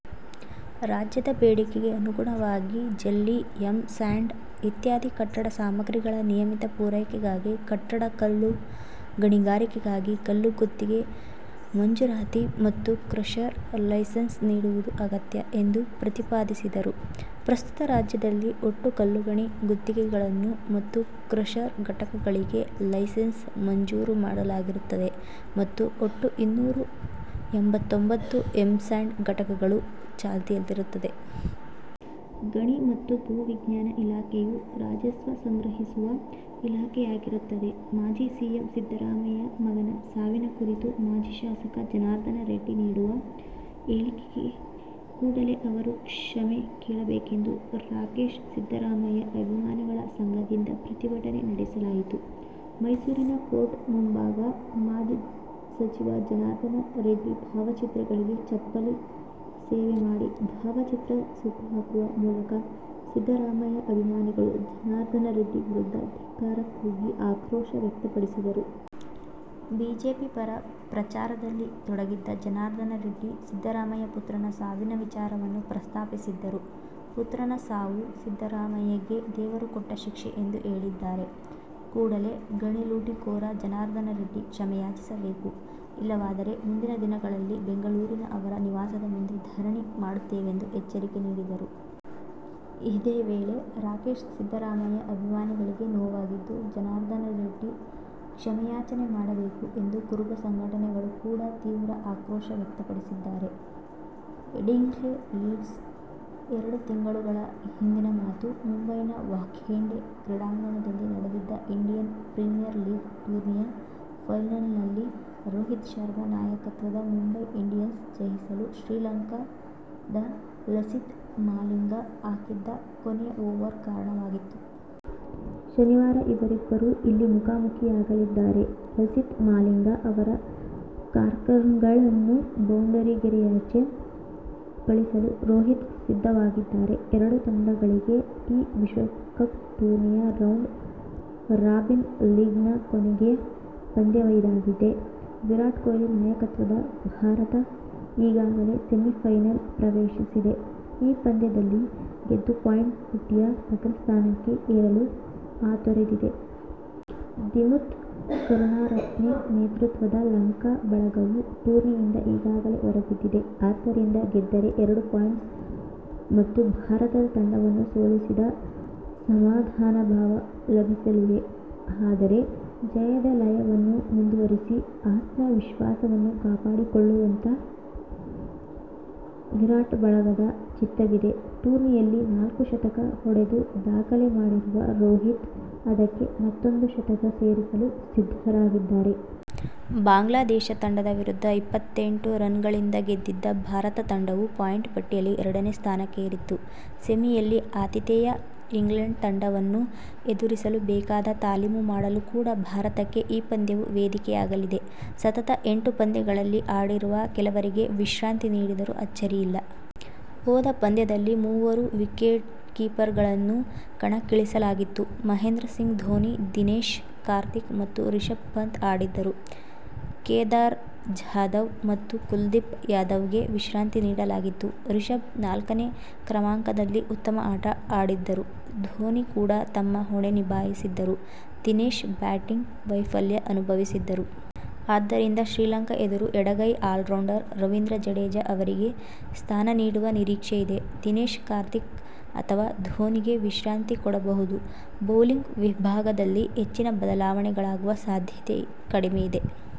. ರಾಜ್ಯದ ಬೇಡಿಕೆಗೆ ಅನುಗುಣವಾಗಿ ಜಲ್ಲಿ, ಎಂ-ಸ್ಯಾಂಡ್ ಇತ್ಯಾದಿ ಕಟ್ಟಡ ಸಾಮಾಗ್ರಿಗಳ ನಿಯಮಿತ ಪೂರೈಕೆಗಾಗಿ ಕಟ್ಟಡ ಕಲ್ಲು ಗಣಿಗಾರಿಕೆಗಾಗಿ ಕಲ್ಲು ಗುತ್ತಿಗೆ ಮಂಜುರಾತಿ ಮತ್ತು ಕ್ರಷರ್ ಲೈಸೆನ್ಸ್ ನೀಡುವುದು ಅಗತ್ಯ ಎಂದು ಪ್ರತಿಪಾದಿಸಿದರು. ಪ್ರಸ್ತುತ ರಾಜ್ಯದಲ್ಲಿ ಒಟ್ಟು ಕಲ್ಲುಗಣಿ ಗುತ್ತಿಗೆಗಳನ್ನು ಮತ್ತು ಕ್ರಷರ್ ಘಟಕಗಳಿಗೆ ಲೈಸೆನ್ಸ್ ಮಂಜೂರು ಮಾಡಲಾಗಿರುತ್ತದೆ ಮತ್ತು ಒಟ್ಟು ಇನ್ನೂರ ಎಂಬತ್ತೊಂಬತ್ತು ಎಂ-ಸ್ಯಾಂಡ್ ಘಟಕಗಳು ಚಾಲ್ತಿಯಲ್ಲಿರುತ್ತದೆ. ಗಣಿ ಮತ್ತು ಭೂವಿಜ್ಞಾನ ಇಲಾಖೆಯು ರಾಜಸ್ವ ಸಂಗ್ರಹಿಸುವ ಇಲಾಖೆಯಾಗಿರುತ್ತದೆ. ಮಾಜಿ ಸಿಎಂ ಸಿದ್ದರಾಮಯ್ಯ ಮಗನ ಸಾವಿನ ಕುರಿತು ಮಾಜಿ ಶಾಸಕ ಜನಾರ್ದನ ರೆಡ್ಡಿ ನೀಡಿದ ಹೇಳಿಕೆಗೆ ಕೂಡಲೇ ಅವರು ಕ್ಷಮೇ ಕೇಳಬೇಕೆಂದು ರಾಕೇಶ್ ಸಿದ್ದರಾಮಯ್ಯ ಅಭಿಮಾನಿಗಳ ಸಂಘದಿಂದ ಪ್ರತಿಭಟನೆ ನಡೆಸಲಾಯಿತು. ಮೈಸೂರಿನ ಕೋರ್ಟ್ ಮುಂಭಾಗ ಮಾಜಿ ಸಚಿವ ಜನಾರ್ದನ ರೆಡ್ಡಿ ಭಾವಚಿತ್ರಗಳಿಗೆ ಚೆಪ್ಪಲಿ ಸೇವೆ ಮಾಡಿ ಭಾವಚಿತ್ರ ಸುಟ್ಟುಹಾಕುವ ಮೂಲಕ ಸಿದ್ದರಾಮಯ್ಯ ಅಭಿಮಾನಿಗಳು ಜನಾರ್ದನರೆಡ್ಡಿ ವಿರುದ್ಧ ಧಿಕ್ಕಾರ ಕೂಗಿ ಆಕ್ರೋಶ ವ್ಯಕ್ತಪಡಿಸಿದರು. ಬಿಜೆಪಿ ಪರ ಪ್ರಚಾರದಲ್ಲಿ ತೊಡಗಿದ್ದ ಜನಾರ್ದನ ರೆಡ್ಡಿ ಸಿದ್ದರಾಮಯ್ಯ ಪುತ್ರನ ಸಾವಿನ ವಿಚಾರವನ್ನು ಪ್ರಸ್ತಾಪಿಸಿದ್ದರು. ಪುತ್ರನ ಸಾವು, ಸಿದ್ದರಾಮಯ್ಯಗೆ ದೇವರು ಕೊಟ್ಟ ಶಿಕ್ಷೆ ಎಂದು ಹೇಳಿದ್ದಾರೆ. ಕೂಡಲೇ ಗಣಿ ಲೂಟಿ ಕೋರ ಜನಾರ್ಧನರೆಡ್ಡಿ ಕ್ಷಮೆಯಾಚಿಸಬೇಕು. ಇಲ್ಲವಾದರೆ ಮುಂದಿನ ದಿನಗಳಲ್ಲಿ ಬೆಂಗಳೂರಿನ ಅವರ ನಿವಾಸದ ಮುಂದೆ ಧರಣಿ ಮಾಡುತ್ತೇವೆಂದು ಎಚ್ಚರಿಕೆ ನೀಡಿದರು. ಇದೇ ವೇಳೆ ರಾಕೇಶ್ ಸಿದ್ದರಾಮಯ್ಯ ಅಭಿಮಾನಿಗಳಿಗೆ ನೋವಾಗಿದ್ದು ಜನರ್ದಾನ ರೆಡ್ಡಿ ಕ್ಷಮೇಯಾಚನೆ ಮಾಡಬೇಕು ಎಂದು ಕುರುಬ ಸಂಘಟನೆಗಳು ಕೂಡ ತೀವ್ರ ಆಕ್ರೋಶ ವ್ಯಕ್ತಪಡಿಸಿದ್ದಾರೆ. ಹೆಡಿಂಗ್ಲೆ, ಲೀಡ್ಸ್: ಎರಡು ತಿಂಗಳುಗಳ ಹಿಂದಿನ ಮಾತು. ಮುಂಬೈನ ವಾಂಖೆಡೆ ಕ್ರೀಡಾಂಗಣದಲ್ಲಿ ನಡೆದಿದ್ದ ಇಂಡಿಯನ್ ಪ್ರೀಮಿಯರ್ ಲೀಗ್ ಟೂರ್ನಿಯ ಫೈನಲ್ನಲ್ಲಿ ರೋಹಿತ್ ಶರ್ಮಾ ನಾಯಕತ್ವದ ಮುಂಬೈ ಇಂಡಿಯನ್ಸ್ ಜಯಿಸಲು ಶ್ರೀಲಂಕಾದ ಲಸಿತ್ ಮಾಲಿಂಗ ಹಾಕಿದ್ದ ಕೊನೆಯ ಓವರ್ ಕಾರಣವಾಗಿತ್ತು. ಶನಿವಾರ ಇವರಿಬ್ಬರೂ ಇಲ್ಲಿ ಮುಖಾಮುಖಿಯಾಗಲಿದ್ದಾರೆ. ಲಸಿತ್ ಮಾಲಿಂಗ ಅವರ ಯಾರ್ಕರ್ಗಳನ್ನು ಬೌಂಡರಿಗೆರೆಯಾಚೆ ಕಳಿಸಲು ರೋಹಿತ್ ಸಿದ್ಧವಾಗಿದ್ದಾರೆ. ಎರಡೂ ತಂಡಗಳಿಗೆ ಈ ವಿಶ್ವಕಪ್ ಟೂರ್ನಿಯ ರೌಂಡ್ ರಾಬಿನ್ ಲೀಗ್ನ ಕೊನೆಯ ಪಂದ್ಯ ಇದಾಗಿದೆ. ವಿರಾಟ್ ಕೊಹ್ಲಿ ನಾಯಕತ್ವದ ಭಾರತ ಈಗಾಗಲೇ ಸೆಮಿಫೈನಲ್ ಪ್ರವೇಶಿಸಿದೆ. ಈ ಪಂದ್ಯದಲ್ಲಿ ಗೆದ್ದು ಪಾಯಿಂಟ್ ಪಟ್ಟಿಯ ಅಗ್ರಸ್ಥಾನಕ್ಕೆ ಏರಲು ಹಾತೊರೆದಿದೆ. ದಿಮುತ್ ಕರುಣಾರತ್ನೆ ನೇತೃತ್ವದ ಲಂಕಾ ಬಳಗವು ಟೂರ್ನಿಯಿಂದ ಈಗಾಗಲೇ ಹೊರಬಿದ್ದಿದೆ. ಆದ್ದರಿಂದ ಗೆದ್ದರೆ ಎರಡು ಪಾಯಿಂಟ್ಸ್ ಮತ್ತು ಭಾರತ ತಂಡವನ್ನು ಸೋಲಿಸಿದ ಸಮಾಧಾನಭಾವ ಲಭಿಸಲಿವೆ. ಆದರೆ, ಜಯದ ಲಯವನ್ನು ಮುಂದುವರಿಸಿ ಆತ್ಮವಿಶ್ವಾಸವನ್ನು ಕಾಪಾಡಿಕೊಳ್ಳುವತ್ತ ವಿರಾಟ್ ಬಳಗದ ಚಿತ್ತವಿದೆ. ಟೂರ್ನಿಯಲ್ಲಿ ನಾಲ್ಕು ಶತಕ ಹೊಡೆದು ದಾಖಲೆ ಮಾಡಿರುವ ರೋಹಿತ್, ಅದಕ್ಕೆ ಮತ್ತೊಂದು ಶತಕ ಸೇರಿಸಲು ಸಿದ್ಧರಾಗಿದ್ದಾರೆ. ಬಾಂಗ್ಲಾದೇಶ ತಂಡದ ವಿರುದ್ಧ ಇಪ್ಪತ್ತೆಂಟು ರನ್ಗಳಿಂದ ಗೆದ್ದಿದ್ದ ಭಾರತ ತಂಡವು ಪಾಯಿಂಟ್ ಪಟ್ಟಿಯಲ್ಲಿ ಎರಡನೇ ಸ್ಥಾನಕ್ಕೇರಿತ್ತು. ಸೆಮಿಯಲ್ಲಿ ಆತಿಥೇಯ ಇಂಗ್ಲೆಂಡ್ ತಂಡವನ್ನು ಎದುರಿಸಲು ಬೇಕಾದ ತಾಲೀಮು ಮಾಡಲು ಕೂಡ ಭಾರತಕ್ಕೆ ಈ ಪಂದ್ಯವು ವೇದಿಕೆಯಾಗಲಿದೆ. ಸತತ ಎಂಟು ಪಂದ್ಯಗಳಲ್ಲಿ ಆಡಿರುವ ಕೆಲವರಿಗೆ ವಿಶ್ರಾಂತಿ ನೀಡಿದರೂ ಅಚ್ಚರಿಯಿಲ್ಲ. ಹೋದ ಪಂದ್ಯದಲ್ಲಿ ಮೂವರು ವಿಕೆಟ್ಕೀಪರ್ಗಳನ್ನು ಕಣಕ್ಕಿಳಿಸಲಾಗಿತ್ತು. ಮಹೇಂದ್ರಸಿಂಗ್ ಧೋನಿ, ದಿನೇಶ್ ಕಾರ್ತಿಕ್ ಮತ್ತು ರಿಷಭ್ ಪಂತ್ ಆಡಿದ್ದರು. ಕೇದಾರ್ ಜಾಧವ್ ಮತ್ತು ಕುಲದೀಪ್ ಯಾದವ್ಗೆ ವಿಶ್ರಾಂತಿ ನೀಡಲಾಗಿತ್ತು. ರಿಷಭ್ ನಾಲ್ಕನೇ ಕ್ರಮಾಂಕದಲ್ಲಿ ಉತ್ತಮ ಆಟ ಆಡಿದ್ದರು. ಧೋನಿ ಕೂಡ ತಮ್ಮ ಹೊಣೆ ನಿಭಾಯಿಸಿದ್ದರು. ದಿನೇಶ್ ಬ್ಯಾಟಿಂಗ್ ವೈಫಲ್ಯ ಅನುಭವಿಸಿದ್ದರು. ಆದ್ದರಿಂದ ಶ್ರೀಲಂಕಾ ಎದುರು ಎಡಗೈ ಆಲ್ರೌಂಡರ್ ರವೀಂದ್ರ ಜಡೇಜ ಅವರಿಗೆ ಸ್ಥಾನ ನೀಡುವ ನಿರೀಕ್ಷೆ ಇದೆ. ದಿನೇಶ್ ಕಾರ್ತಿಕ್ ಅಥವಾ ಧೋನಿಗೆ ವಿಶ್ರಾಂತಿ ಕೊಡಬಹುದು. ಬೌಲಿಂಗ್ ವಿಭಾಗದಲ್ಲಿ ಹೆಚ್ಚಿನ ಬದಲಾವಣೆಗಳಾಗುವ ಸಾಧ್ಯತೆ ಕಡಿಮೆ ಇದೆ.